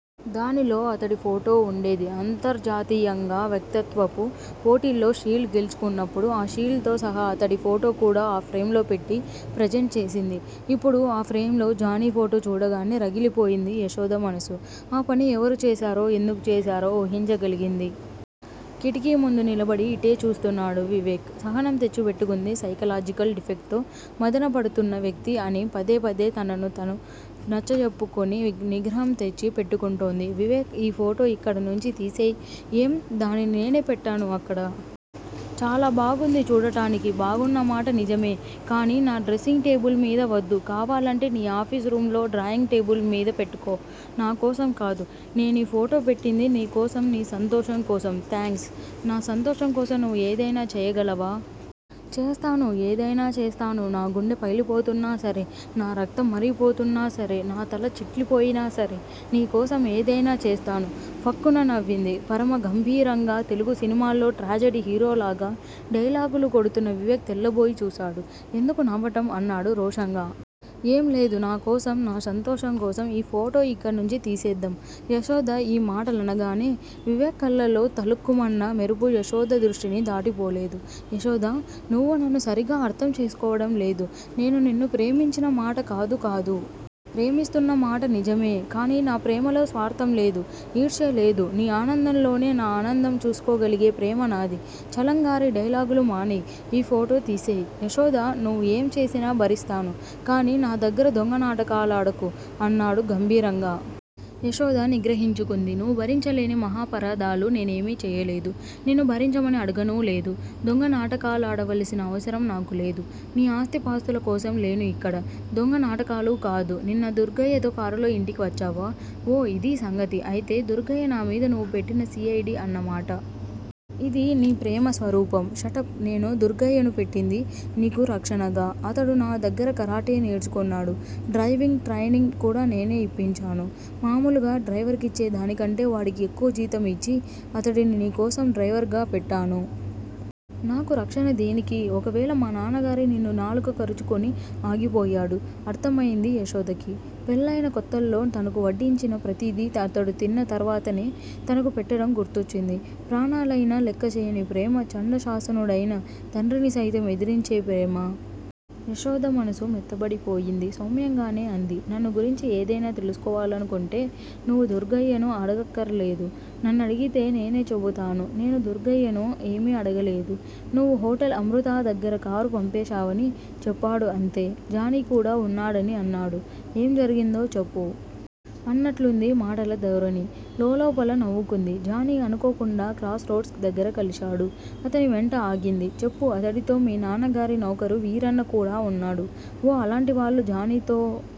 దానిలో అతడి ఫోటో ఉండేది. అంతర్జాతీయంగా వక్తృత్వపు పోటీల్లో షీల్డ్ గెలుచుకున్నప్పుడు, ఆ షీల్డ్ తో సహా అతడి ఫోటో కూడా ఆ ఫ్రేంలో పెట్టి ప్రెజెంట్ చేసింది. ఇప్పుడు ఆ ఫ్రేంలో జానీ ఫోటో చూడగానే, రగిలిపోయింది యశోద మనసు. ఆ పని ఎవరు చేశారో, ఎందుకు చేశారో, ఊహించగలిగింది. కిటికీ ముందు నిలబడి ఇటే చూస్తున్నాడు వివేక్. సహనం తెచ్చి పెట్టుకుంది సైకలాజికల్ డిఫెక్ట్ తో మధనపడుతున్న వ్యక్తి అని పదే పదే తనను తను నచ్చజెప్పుకుని నిగ్రహం తెచ్చి పెట్టుకుంటోంది. వివేక్! ఈ ఫోటో ఇక్కడ నుంచి తీసెయ్! ఏం? దానిని నేనే పెట్టాను అక్కడ. చాలా బాగుంది చూడటానికి బాగున్నమాట నిజమే! కానీ నా డ్రెస్సింగ్ టేబిల్ మీద వద్దు. కావాలంటే నీ ఆఫీస్ రూంలో డ్రాయింగ్ టేబిల్ మీద పెట్టుకో నాకోసం కాదు. నేనీ ఫోటో పెట్టింది, నీకోసం నీ సంతోషం కోసం. థేంక్స్. నా సంతోషం కోసం నువ్వు ఏదైనా చెయ్యగలవా? చేస్తాను. ఏదైనా చేస్తాను. నాగుండె పగిలిపోతున్నా సరే!. నా రక్తం మరిగిపోతున్నాసరే! నా తల చిట్లిపోయినా సరే! నీకోసం ఏదైనా చేస్తాను. ఫక్కున నవ్వింది. పరమ గంభీరంగా, తెలుగు సినిమాల్లో ట్రాజెడీ హీరోలాగా, డైలాగులు కొడుతున్న వివేక్ తెల్లబోయి చూశాడు. ఎందుకు నవ్వటం? అన్నాడు రోషంగా. ఏం లేదు నాకోసం, నా సంతోషం కోసం ఈ ఫోటో ఇక్కడి నుంచి తీసేద్దాం? యశోద ఈ మాటలనగానే, వివేక్ కళ్లలో తళుక్కుమన్న మెరుపు యశోద దృష్టిని దాటి పోలేదు. యశోదా! నువ్వు నన్ను సరిగా అర్థం చేసుకోవడం లేదు నేను నిన్ను ప్రేమించిన మాట కాదు కాదు! ప్రేమిస్తున్న మాట నిజమే! కానీ నా ప్రేమలో స్వార్థం లేదు. ఈర్ష్య లేదు. నీ ఆనందంలోనే నా అనందం చూసుకోగలిగే ప్రేమనాది. చలంగారి డైలాగులు మానెయ్ ఈ ఫోటో తీసెయ్. యశోదా! నువ్వు యేం చేసినా భరిస్తాను, కానీ నాదగ్గర దొంగ నాటకాలాడకు అన్నాడు గంభీరంగా. యశోద నిగ్రహించుకుంది నువ్వు భరించలేని మహాపరాధాలు నేనేమీ చెయ్యలేదు. నిన్ను భరించమని అడగనూ లేదు. దొంగ నాటకాలాడవలసిన అవసరం నాకు లేదు! నీ ఆస్థిపాస్తుల కోసం లేను ఇక్కడ. దొంగ నాటకాలు కాదూ! నిన్న దుర్గయ్యతో కారులో ఇంటికి వచ్చావా? ఓ! ఇదీ సంగతి! అయితే, దుర్గయ్య నా మీద నువ్వు పెట్టిన సి ఐ డి అన్నమాట! ఇదీ నీ ప్రేమ స్వరూపం. షటప్! నేను దుర్గయ్యను పెట్టింది, నీకు రక్షణగా. అతడు నా దగ్గర కరాటే నేర్చుకున్నాడు డ్రైవింగ్ ట్రైనింగ్ కూడా నేనే ఇప్పించాను. మామూలుగా డ్రైవర్ కిచ్చే దానికంటే వాడికి ఎక్కువ జీతం ఇచ్చి, అతడిని నీకోసం డ్రైవర్ గా పెట్టాను. నాకు రక్షణ దేనికీ? ఒకవేళ మా నాన్నగారే నిన్ను నాలుక కరుచుకుని ఆగిపోయాడు. అర్థమయింది యశోదకి. పెళ్ళయిన కొత్తల్లో, తనకు వడ్డించిన ప్రతిదీ అతడు తిన్న తర్వాతనే తనకు పెట్టడం గుర్తొచ్చింది. ప్రాణాలయినా లెక్క చేయని ప్రేమ. ఛండ శాసనుడయిన తండ్రిని సైతం ఎదిరించే ప్రేమ! యశోద మనసు మెత్తబడిపోయింది సౌమ్యంగానే అంది నన్ను గురించి ఏదైనా తెలుసుకోవాలనుకుంటే నువ్వు దుర్గయ్యను అడగక్కరలేదు. నన్నడిగితే నేనే చెపుతాను నేను దుర్గయ్యను ఏమి అడగలేదు. నువ్వు హోటల్ అమృతా దగ్గర కారు పంపేశావని చెప్పాడు అంతే. జానీ కూడా ఉన్నాడని అన్నాడు. ఏం జరిగిందో చెప్పు? అన్నట్లుంది మాటల ధోరణి. లోలోపల నవ్వుకుంది. జానీ అనుకోకుండా, క్రాస్ రోడ్స్ దగ్గర కలిశాడు!. అతని వెంట ఆగింది. చెప్పు? అతడితో మీ నాన్నగారి నౌకరు వీరన్న కూడా ఉన్నాడు. ఓ! అలాంటి వాళ్ళు జానీతో